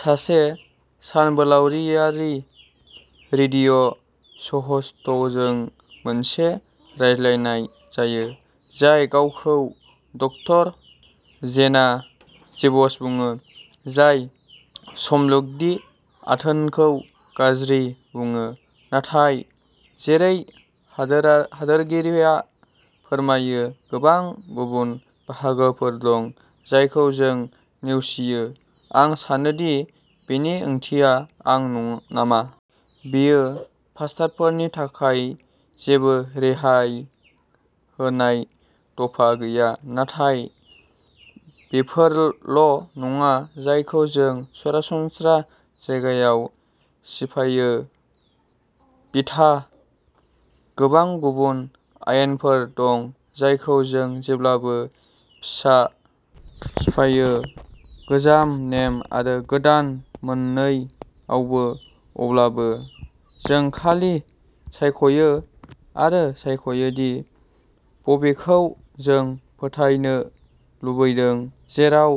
सासे सानबोलावरियारि रेडिअ' श'ह'स्टजों मोनसे रायज्लायनाय जायो, जाय गावखौ डक्टर जेना जेबस बुङो, जाय समलगि आथोनखौ गाज्रि बुङो। नाथाय जेरै हादोरा हादोरगिरिया फोरमायो, गोबां गुबुन बाहागोफोर दं जायखौ जों नेवसियो। आं सानो दि बेनि ओंथिया आं न नामा। बेयो पास्टारफोरनि थाखाय जेबो रेहाय होनाय दफा गैया। नाथाय बेफोरल' नङा जायखौ जों सरासनस्रा जायगायाव सिफायो। बिथा। गोबां गुबुन आयेनफोर दं जायखौ जों जेब्लाबो फिसा सिफायो गोजाम नेम आरो गोदान मोन्नैआवबो। अब्लाबो जों खालि सायख'यो आरो सायख'यो दि बबेखौ जों फोथायनो लुबैदों, जेराव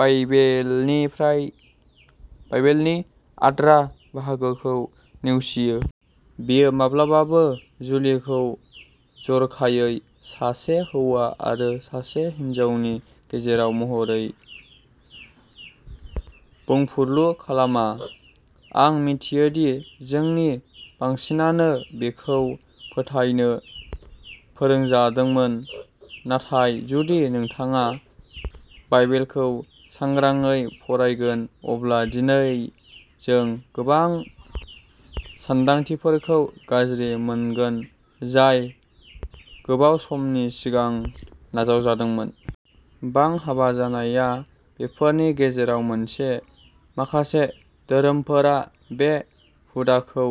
बाइबेलनिफ्राय बाइबेलनि आद्रा बाहागोखौ नेवसियो। बेयो माब्लाबाबो जुलिखौ जर'खायै सासे हौवा आरो सासे हिनजावनि गेजेराव महरै बुंफुरलु खालामा। आं मिथियो दि जोंनि बांसिनानो बेखौ फोथायनो फोरोंजादोंमोन, नाथाय जुदि नोंथाङा बाइबेलखौ सांग्राङै फरायगोन अब्ला दिनै जों गोबां सानदांथिफोरखौ गाज्रि मोनगोन, जाय गोबाव समनि सिगां नाजावजादोंमोन। बां-हाबा जानाया बेफोरनि गेजेराव मोनसे। माखासे धोरोमफोरा बे हुदाखौ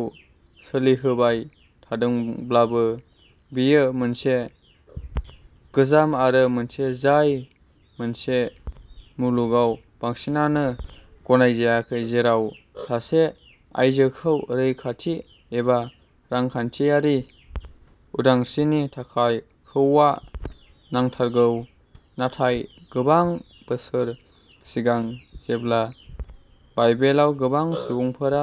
सोलिहोबाय थादोंब्लाबो बेयो मोनसे गोजाम आरो मोनसे जाय मोनसे मुलुगाव बांसिनानो गनायजायाखै जेराव सासे आइजोखौ रैखाथि एबा रांखान्थियारि उदांस्रिनि थाखाय हौवा नांथारगौ। नाथाय गोबां बोसोर सिगां जेब्ला बाइबेलाव गोबां सुबुंफोरा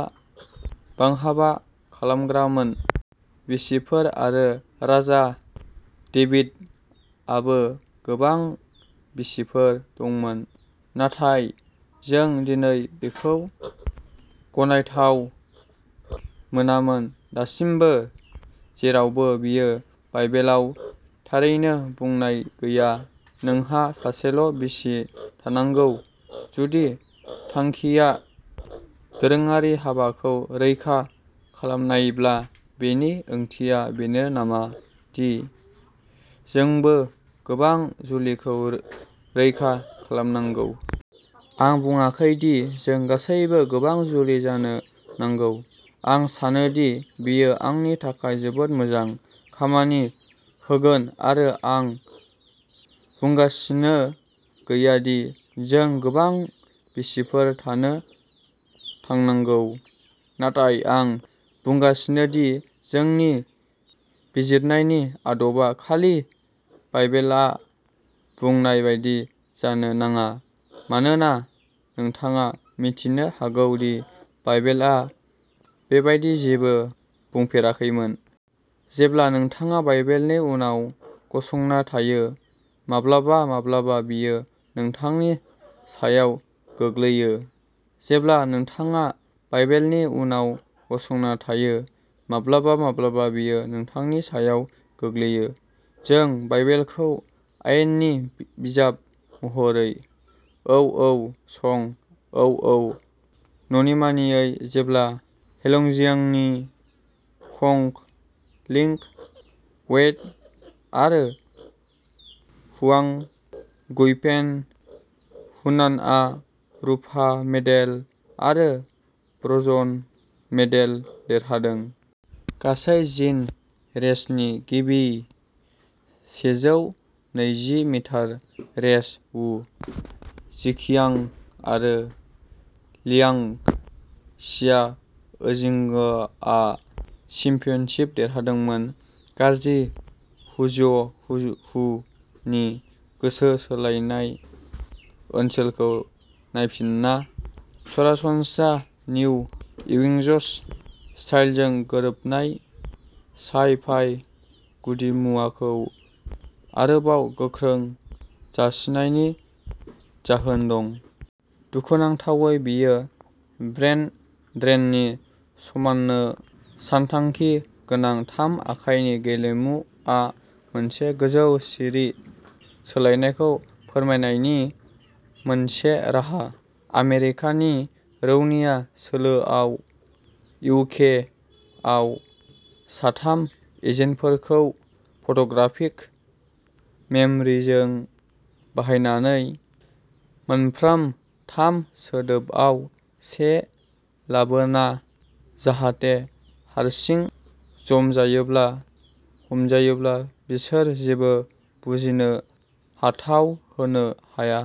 बां-हाबा खालामग्रामोन। बिसिफोर आरो राजा डेभिड आबो गोबां बिसिफोर दंमोन। नाथाय जों दिनै बेखौ गनायथाव मोनामोन। दासिमबो जेरावबो बेयो बाइबेलाव थारैनो बुंनाय गैया नोंहा सासेल' बिसि थानांगौ। जुदि थांखिया दोरोङारि हाबाखौ रैखा खालामनायब्ला बेनि ओंथिया बेनो नामा दि जोंबो गोबां जुलिखौ रै रैखा खालामनांगौ? आं बुंङाखै दि जों गासैबो गोबां जुलि जानो नांगौ। आं सानो दि बेयो आंनि थाखाय जोबोद मोजां खामानि होगोन आरो आं बुंगासिनो गैया दि जों गोबां बिसिफोर थानो थांनांगौ। नाथाय आं बुंगासिनो दि जोंनि बिजिरनायनि आदबा खालि बाइबेलआ बुंनाय बायदि जानो नाङा मानोना नोंथाङा मिथिनो हागौ दि बाइबेलआ बेबादि जेबो बुंफेराखैमोन। जेब्ला नोंथाङा बाइबेलनि उनाव गसंना थायो, माब्लाबा माब्लाबा बेयो नोंथांनि सायाव गोग्लैयो। जेब्ला नोंथाङा बाइबेलनि उनाव गसंना थायो, माब्लाबा माब्लाबा बेयो नोंथांनि सायाव गोग्लैयो। जों बाइबेलखौ आयेननि बिजाब महरै औऔ शं औऔ ननिमानियो जेब्ला हेइलंजियांगनि कंग लिंग वेई आरो हुआंग गुइफेन, हुनानआ रुफा मेडेल आरो ब्रन्ज मेडेल देरहादों। गासै जिन रेसनि गिबि सेजौ नैजि मिटार रेस, वु झिकियांग आरो लियांग शियाओजिंगआ चेम्पियनशिप देरहादोंमोन। गाज्रि हु'ज हु?? नि गोसो सोलायनाय ओनसोलखौ नायफिनना सरासनस्रा निउ एवेंजर्स स्टाइलजों गोरोबनाय साइ-फाइ गुदिमुवाखौ आरोबाव गोख्रों जासिनायनि जाहोन दं। दुखुनांथावै बेयो ब्रेन ड्रेननि समाननो सानथांखि गोनां थाम आखाइनि गेलेमुआ मोनसे गोजौ सिरि सोलायनायखौ फोरमायनायनि मोनसे राहा। आमेरिकानि रौनिया सोलोआव इउ के आव साथाम एजेन्टफोरखौ फट'ग्राफिक मेम'रिजों बाहायनानै मोनफ्रोम थाम सोदोबआव से लाबोना जाहाथे हारसिं जमजायोब्ला हमजायोब्ला बिसोर जेबो बुजिनो हाथाव होनो हाया।